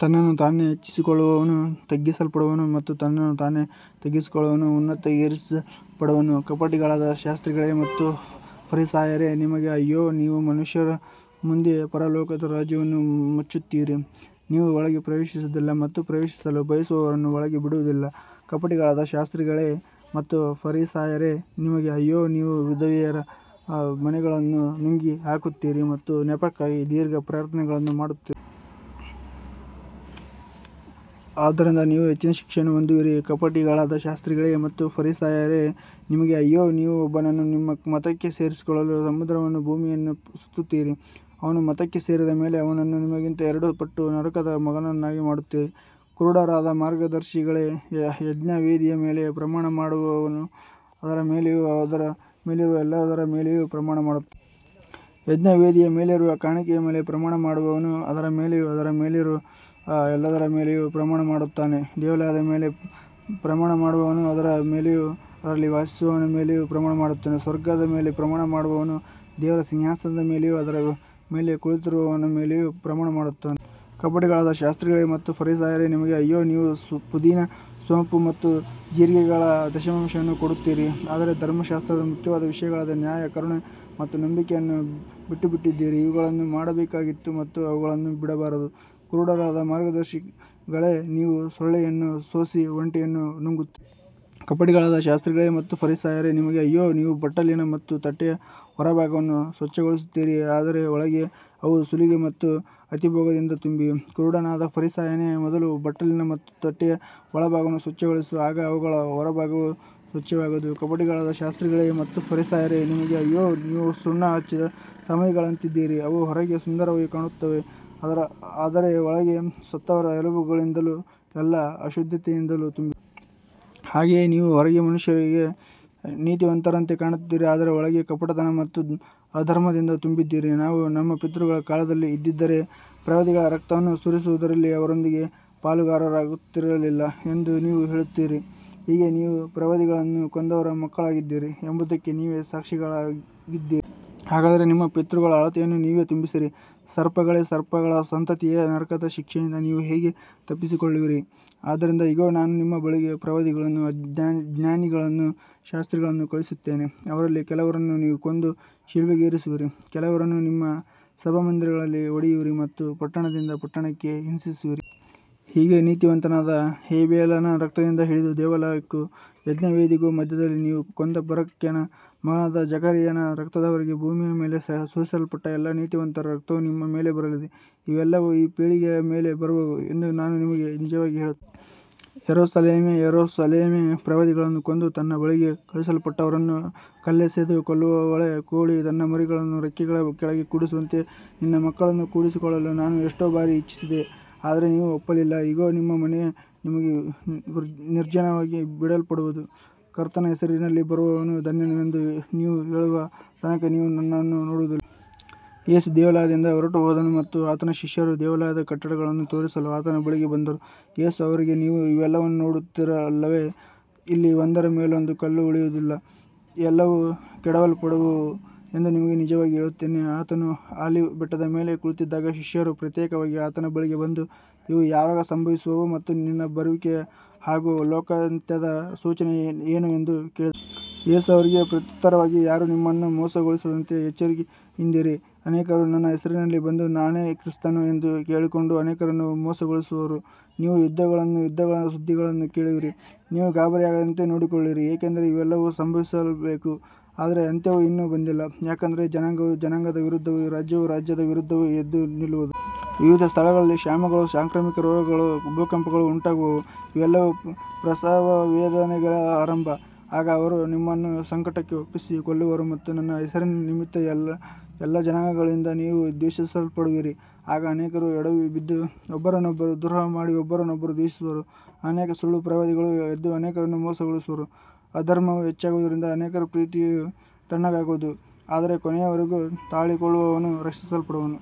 ತನ್ನನ್ನು ತಾನೇ ಹೆಚ್ಚಿಸಿಕೊಳ್ಳುವವನು ತಗ್ಗಿಸಲ್ಪಡುವನು ಮತ್ತು ತನ್ನನ್ನು ತಾನೇ ತಗ್ಗಿಸಿಕೊಳ್ಳುವವನು ಉನ್ನತಿಗೇರಿಸಲ್ಪಡುವನು. ಕಪಟಿಗಳಾದ ಶಾಸ್ತ್ರಿಗಳೇ ಮತ್ತು ಫರಿಸಾಯರೇ, ನಿಮಗೆ ಅಯ್ಯೋ, ನೀವು ಮನುಷ್ಯರ ಮುಂದೆ ಪರಲೋಕದ ರಾಜ್ಯವನ್ನು ಮುಚ್ಚುತ್ತೀರಿ. ನೀವು ಒಳಗೆ ಪ್ರವೇಶಿಸುವುದಿಲ್ಲ ಮತ್ತು ಪ್ರವೇಶಿಸಲು ಬಯಸುವವರನ್ನೂ ಒಳಗೆ ಬಿಡುವುದಿಲ್ಲ. ಕಪಟಿಗಳಾದ ಶಾಸ್ತ್ರಿಗಳೇ ಮತ್ತು ಫರಿಸಾಯರೇ, ನಿಮಗೆ ಅಯ್ಯೋ, ನೀವು ವಿಧವೆಯರ ಮನೆಗಳನ್ನು ನುಂಗಿಹಾಕುತ್ತೀರಿ ಮತ್ತು ನೆಪಕ್ಕಾಗಿ ದೀರ್ಘ ಪ್ರಾರ್ಥನೆಗಳನ್ನು ಮಾಡುತ್ತೀರಿ. ಆದ್ದರಿಂದ ನೀವು ಹೆಚ್ಚಿನ ಶಿಕ್ಷೆಯನ್ನು ಹೊಂದುವಿರಿ. ಕಪಟಿಗಳಾದ ಶಾಸ್ತ್ರಿಗಳೇ ಮತ್ತು ಫರಿಸಾಯರೇ, ನಿಮಗೆ ಅಯ್ಯೋ, ನೀವು ಒಬ್ಬನನ್ನು ನಿಮ್ಮ ಮತಕ್ಕೆ ಸೇರಿಸಿಕೊಳ್ಳಲು ಸಮುದ್ರವನ್ನೂ ಭೂಮಿಯನ್ನೂ ಸುತ್ತುತ್ತೀರಿ, ಅವನು ಮತಕ್ಕೆ ಸೇರಿದ ಮೇಲೆ ಅವನನ್ನು ನಿಮಗಿಂತ ಎರಡು ಪಟ್ಟು ನರಕದ ಮಗನನ್ನಾಗಿ ಮಾಡುತ್ತೀರಿ. ಕುರುಡರಾದ ಮಾರ್ಗದರ್ಶಿಗಳೇ, ಯಜ್ಞವೇದಿಯ ಮೇಲೆ ಪ್ರಮಾಣ ಮಾಡುವವನು ಅದರ ಮೇಲೆಯೂ ಅದರ ಮೇಲಿರುವ ಎಲ್ಲದರ ಮೇಲೆಯೂ ಪ್ರಮಾಣ ಮಾಡುತ್ತಾನೆ. ಯಜ್ಞವೇದಿಯ ಮೇಲಿರುವ ಕಾಣಿಕೆಯ ಮೇಲೆ ಪ್ರಮಾಣ ಮಾಡುವವನು ಅದರ ಮೇಲೆಯೂ ಅದರ ಮೇಲಿರುವ ಎಲ್ಲದರ ಮೇಲೆಯೂ ಪ್ರಮಾಣ ಮಾಡುತ್ತಾನೆ. ದೇವಾಲಯದ ಮೇಲೆ ಪ್ರಮಾಣ ಮಾಡುವವನು ಅದರ ಮೇಲೆಯೂ ಅದರಲ್ಲಿ ವಾಸಿಸುವವನ ಮೇಲೆಯೂ ಪ್ರಮಾಣ ಮಾಡುತ್ತಾನೆ. ಸ್ವರ್ಗದ ಮೇಲೆ ಪ್ರಮಾಣ ಮಾಡುವವನು ದೇವರ ಸಿಂಹಾಸನದ ಮೇಲೆಯೂ ಅದರ ಮೇಲೆ ಕುಳಿತಿರುವವನ ಮೇಲೆಯೂ ಪ್ರಮಾಣ ಮಾಡುತ್ತಾನೆ. ಕಪಟಿಗಳಾದ ಶಾಸ್ತ್ರಿಗಳೇ ಮತ್ತು ಫರಿಸಾಯರೇ, ನಿಮಗೆ ಅಯ್ಯೋ, ನೀವು ಪುದೀನ, ಸೋಂಪು ಮತ್ತು ಜೀರಿಗೆಗಳ ದಶಮಾಂಶವನ್ನು ಕೊಡುತ್ತೀರಿ, ಆದರೆ ಧರ್ಮಶಾಸ್ತ್ರದ ಮುಖ್ಯವಾದ ವಿಷಯಗಳಾದ ನ್ಯಾಯ, ಕರುಣೆ ಮತ್ತು ನಂಬಿಕೆಯನ್ನು ಬಿಟ್ಟುಬಿಟ್ಟಿದ್ದೀರಿ. ಇವುಗಳನ್ನು ಮಾಡಬೇಕಾಗಿತ್ತು ಮತ್ತು ಅವುಗಳನ್ನೂ ಬಿಡಬಾರದು. ಕುರುಡರಾದ ಮಾರ್ಗದರ್ಶಿಗಳೇ, ನೀವು ಸೊಳ್ಳೆಯನ್ನು ಸೋಸಿ ಒಂಟೆಯನ್ನು ನುಂಗುತ್ತೀರಿ. ಕಪಟಿಗಳಾದ ಶಾಸ್ತ್ರಿಗಳೇ ಮತ್ತು ಫರಿಸಾಯರೇ, ನಿಮಗೆ ಅಯ್ಯೋ, ನೀವು ಬಟ್ಟಲಿನ ಮತ್ತು ತಟ್ಟೆಯ ಹೊರಭಾಗವನ್ನು ಸ್ವಚ್ಛಗೊಳಿಸುತ್ತೀರಿ, ಆದರೆ ಒಳಗೆ ಅವು ಸುಲಿಗೆ ಮತ್ತು ಅತಿಭೋಗದಿಂದ ತುಂಬಿವೆ. ಕುರುಡನಾದ ಫರಿಸಾಯನೇ, ಮೊದಲು ಬಟ್ಟಲಿನ ಮತ್ತು ತಟ್ಟೆಯ ಒಳಭಾಗವನ್ನು ಸ್ವಚ್ಛಗೊಳಿಸು, ಆಗ ಅವುಗಳ ಹೊರಭಾಗವೂ ಸ್ವಚ್ಛವಾಗುವುದು. ಕಪಟಿಗಳಾದ ಶಾಸ್ತ್ರಿಗಳೇ ಮತ್ತು ಫರಿಸಾಯರೇ, ನಿಮಗೆ ಅಯ್ಯೋ, ನೀವು ಸುಣ್ಣ ಹಚ್ಚಿದ ಸಮಾಧಿಗಳಂತಿದ್ದೀರಿ, ಅವು ಹೊರಗೆ ಸುಂದರವಾಗಿ ಕಾಣುತ್ತವೆ, ಆದರೆ ಒಳಗೆ ಸತ್ತವರ ಎಲುಬುಗಳಿಂದಲೂ ಎಲ್ಲಾ ಅಶುದ್ಧತೆಯಿಂದಲೂ ತುಂಬಿವೆ. ಹಾಗೆಯೇ ನೀವು ಹೊರಗೆ ಮನುಷ್ಯರಿಗೆ ನೀತಿವಂತರಂತೆ ಕಾಣುತ್ತೀರಿ, ಆದರೆ ಒಳಗೆ ಕಪಟತನ ಮತ್ತು ಅಧರ್ಮದಿಂದ ತುಂಬಿದ್ದೀರಿ. ನಾವು ನಮ್ಮ ಪಿತೃಗಳ ಕಾಲದಲ್ಲಿ ಇದ್ದಿದ್ದರೆ ಪ್ರವಾದಿಗಳ ರಕ್ತವನ್ನು ಸುರಿಸುವುದರಲ್ಲಿ ಅವರೊಂದಿಗೆ ಪಾಲುಗಾರರಾಗುತ್ತಿರಲಿಲ್ಲ ಎಂದು ನೀವು ಹೇಳುತ್ತೀರಿ. ಹೀಗೆ ನೀವು ಪ್ರವಾದಿಗಳನ್ನು ಕೊಂದವರ ಮಕ್ಕಳಾಗಿದ್ದೀರಿ ಎಂಬುದಕ್ಕೆ ನೀವೇ ಸಾಕ್ಷಿಗಳಾಗಿದ್ದೀರಿ. ಹಾಗಾದರೆ ನಿಮ್ಮ ಪಿತೃಗಳ ಅಳತೆಯನ್ನು ನೀವೇ ತುಂಬಿಸಿರಿ. ಸರ್ಪಗಳೇ, ಸರ್ಪಗಳ ಸಂತತಿಯೇ, ನರಕದ ಶಿಕ್ಷೆಯಿಂದ ನೀವು ಹೇಗೆ ತಪ್ಪಿಸಿಕೊಳ್ಳುವಿರಿ. ಆದ್ದರಿಂದ ಇಗೋ, ನಾನು ನಿಮ್ಮ ಬಳಿಗೆ ಪ್ರವಾದಿಗಳನ್ನೂ ಜ್ಞಾನಿಗಳನ್ನೂ ಶಾಸ್ತ್ರಿಗಳನ್ನೂ ಕಳುಹಿಸುತ್ತೇನೆ. ಅವರಲ್ಲಿ ಕೆಲವರನ್ನು ನೀವು ಕೊಂದು ಶಿಲುಬೆಗೇರಿಸುವಿರಿ, ಕೆಲವರನ್ನು ನಿಮ್ಮ ಸಭಾಮಂದಿರಗಳಲ್ಲಿ ಹೊಡೆಯುವಿರಿ ಮತ್ತು ಪಟ್ಟಣದಿಂದ ಪಟ್ಟಣಕ್ಕೆ ಹಿಂಸಿಸುವಿರಿ. ಹೀಗೆ ನೀತಿವಂತನಾದ ಹೇಬೇಲನ ರಕ್ತದಿಂದ ಹಿಡಿದು ದೇವಾಲಯಕ್ಕೂ ಯಜ್ಞವೇದಿಗೂ ಮಧ್ಯದಲ್ಲಿ ನೀವು ಕೊಂದ ಬರಕ್ಯನ ಮಗನಾದ ಜಕರೀಯನ ರಕ್ತದವರೆಗೆ ಭೂಮಿಯ ಮೇಲೆ ಸುರಿಸಲ್ಪಟ್ಟ ಎಲ್ಲಾ ನೀತಿವಂತರ ರಕ್ತವು ನಿಮ್ಮ ಮೇಲೆ ಬರಲಿದೆ. ಇವೆಲ್ಲವೂ ಈ ಪೀಳಿಗೆಯ ಮೇಲೆ ಬರುವವು ಎಂದು ನಾನು ನಿಮಗೆ ನಿಜವಾಗಿ ಹೇಳುತ್ತೇನೆ. ಯೆರೂಸಲೇಮೇ, ಯೆರೂಸಲೇಮೇ, ಪ್ರವಾದಿಗಳನ್ನು ಕೊಂದು ತನ್ನ ಬಳಿಗೆ ಕಳುಹಿಸಲ್ಪಟ್ಟವರನ್ನು ಕಲ್ಲೆಸೆದು ಕೊಲ್ಲುವವಳೇ, ಕೋಳಿ ತನ್ನ ಮರಿಗಳನ್ನು ರೆಕ್ಕೆಗಳ ಕೆಳಗೆ ಕೂಡಿಸುವಂತೆ ನಿನ್ನ ಮಕ್ಕಳನ್ನು ಕೂಡಿಸಿಕೊಳ್ಳಲು ನಾನು ಎಷ್ಟೋ ಬಾರಿ ಇಚ್ಛಿಸಿದೆ, ಆದರೆ ನೀವು ಒಪ್ಪಲಿಲ್ಲ. ಇಗೋ, ನಿಮ್ಮ ಮನೆ ನಿಮಗೆ ನಿರ್ಜನವಾಗಿ ಬಿಡಲ್ಪಡುವುದು. ಕರ್ತನ ಹೆಸರಿನಲ್ಲಿ ಬರುವವನು ಧನ್ಯನು ಎಂದು ನೀವು ಹೇಳುವ ತನಕ ನೀವು ನನ್ನನ್ನು ನೋಡುವುದಿಲ್ಲ. ಯೇಸು ದೇವಾಲಯದಿಂದ ಹೊರಟುಹೋದನು ಮತ್ತು ಆತನ ಶಿಷ್ಯರು ದೇವಾಲಯದ ಕಟ್ಟಡಗಳನ್ನು ತೋರಿಸಲು ಆತನ ಬಳಿಗೆ ಬಂದರು. ಯೇಸು ಅವರಿಗೆ, ನೀವು ಇವೆಲ್ಲವನ್ನೂ ನೋಡುತ್ತೀರಲ್ಲವೇ. ಇಲ್ಲಿ ಒಂದರ ಮೇಲೊಂದು ಕಲ್ಲು ಉಳಿಯುವುದಿಲ್ಲ, ಎಲ್ಲವೂ ಕೆಡವಲ್ಪಡುವವು ಎಂದು ನಿಮಗೆ ನಿಜವಾಗಿ ಹೇಳುತ್ತೇನೆ. ಆತನು ಆಲಿವ್ ಬೆಟ್ಟದ ಮೇಲೆ ಕುಳಿತಿದ್ದಾಗ ಶಿಷ್ಯರು ಪ್ರತ್ಯೇಕವಾಗಿ ಆತನ ಬಳಿಗೆ ಬಂದು, ಇವು ಯಾವಾಗ ಸಂಭವಿಸುವವು ಮತ್ತು ನಿನ್ನ ಬರುವಿಕೆಯ ಹಾಗೂ ಲೋಕಾಂತ್ಯದ ಸೂಚನೆ ಏನು ಎಂದು ಕೇಳಿದರು. ಯೇಸು ಅವರಿಗೆ ಪ್ರತ್ಯುತ್ತರವಾಗಿ, ಯಾರೂ ನಿಮ್ಮನ್ನು ಮೋಸಗೊಳಿಸದಂತೆ ಎಚ್ಚರಿಕೆಯಿಂದಿರಿ. ಅನೇಕರು ನನ್ನ ಹೆಸರಿನಲ್ಲಿ ಬಂದು, ನಾನೇ ಕ್ರಿಸ್ತನು ಎಂದು ಹೇಳಿಕೊಂಡು ಅನೇಕರನ್ನು ಮೋಸಗೊಳಿಸುವರು. ನೀವು ಯುದ್ಧಗಳನ್ನೂ ಯುದ್ಧಗಳ ಸುದ್ದಿಗಳನ್ನೂ ಕೇಳುವಿರಿ. ನೀವು ಗಾಬರಿಯಾಗದಂತೆ ನೋಡಿಕೊಳ್ಳಿರಿ, ಏಕೆಂದರೆ ಇವೆಲ್ಲವೂ ಸಂಭವಿಸಲೇಬೇಕು, ಆದರೆ ಅಂತ್ಯವು ಇನ್ನೂ ಬಂದಿಲ್ಲ. ಯಾಕಂದರೆ ಜನಾಂಗವು ಜನಾಂಗದ ವಿರುದ್ಧವೂ ರಾಜ್ಯವು ರಾಜ್ಯದ ವಿರುದ್ಧವೂ ಎದ್ದು ನಿಲ್ಲುವುದು. ವಿವಿಧ ಸ್ಥಳಗಳಲ್ಲಿ ಕ್ಷಾಮಗಳೂ ಸಾಂಕ್ರಾಮಿಕ ರೋಗಗಳೂ ಭೂಕಂಪಗಳೂ ಉಂಟಾಗುವವು. ಇವೆಲ್ಲವೂ ಪ್ರಸವವೇದನೆಗಳ ಆರಂಭ. ಆಗ ಅವರು ನಿಮ್ಮನ್ನು ಸಂಕಟಕ್ಕೆ ಒಪ್ಪಿಸಿ ಕೊಲ್ಲುವರು ಮತ್ತು ನನ್ನ ಹೆಸರಿನ ನಿಮಿತ್ತ ಎಲ್ಲಾ ಜನಾಂಗಗಳಿಂದ ನೀವು ದ್ವೇಷಿಸಲ್ಪಡುವಿರಿ. ಆಗ ಅನೇಕರು ಎಡವಿಬಿದ್ದು ಒಬ್ಬರನ್ನೊಬ್ಬರು ದ್ರೋಹಮಾಡಿ ಒಬ್ಬರನ್ನೊಬ್ಬರು ದ್ವೇಷಿಸುವರು. ಅನೇಕ ಸುಳ್ಳು ಪ್ರವಾದಿಗಳು ಎದ್ದು ಅನೇಕರನ್ನು ಮೋಸಗೊಳಿಸುವರು. ಅಧರ್ಮವು ಹೆಚ್ಚಾಗುವುದರಿಂದ ಅನೇಕರ ಪ್ರೀತಿಯು ತಣ್ಣಗಾಗುವುದು. ಆದರೆ ಕೊನೆಯವರೆಗೂ ತಾಳಿಕೊಳ್ಳುವವನು ರಕ್ಷಿಸಲ್ಪಡುವನು.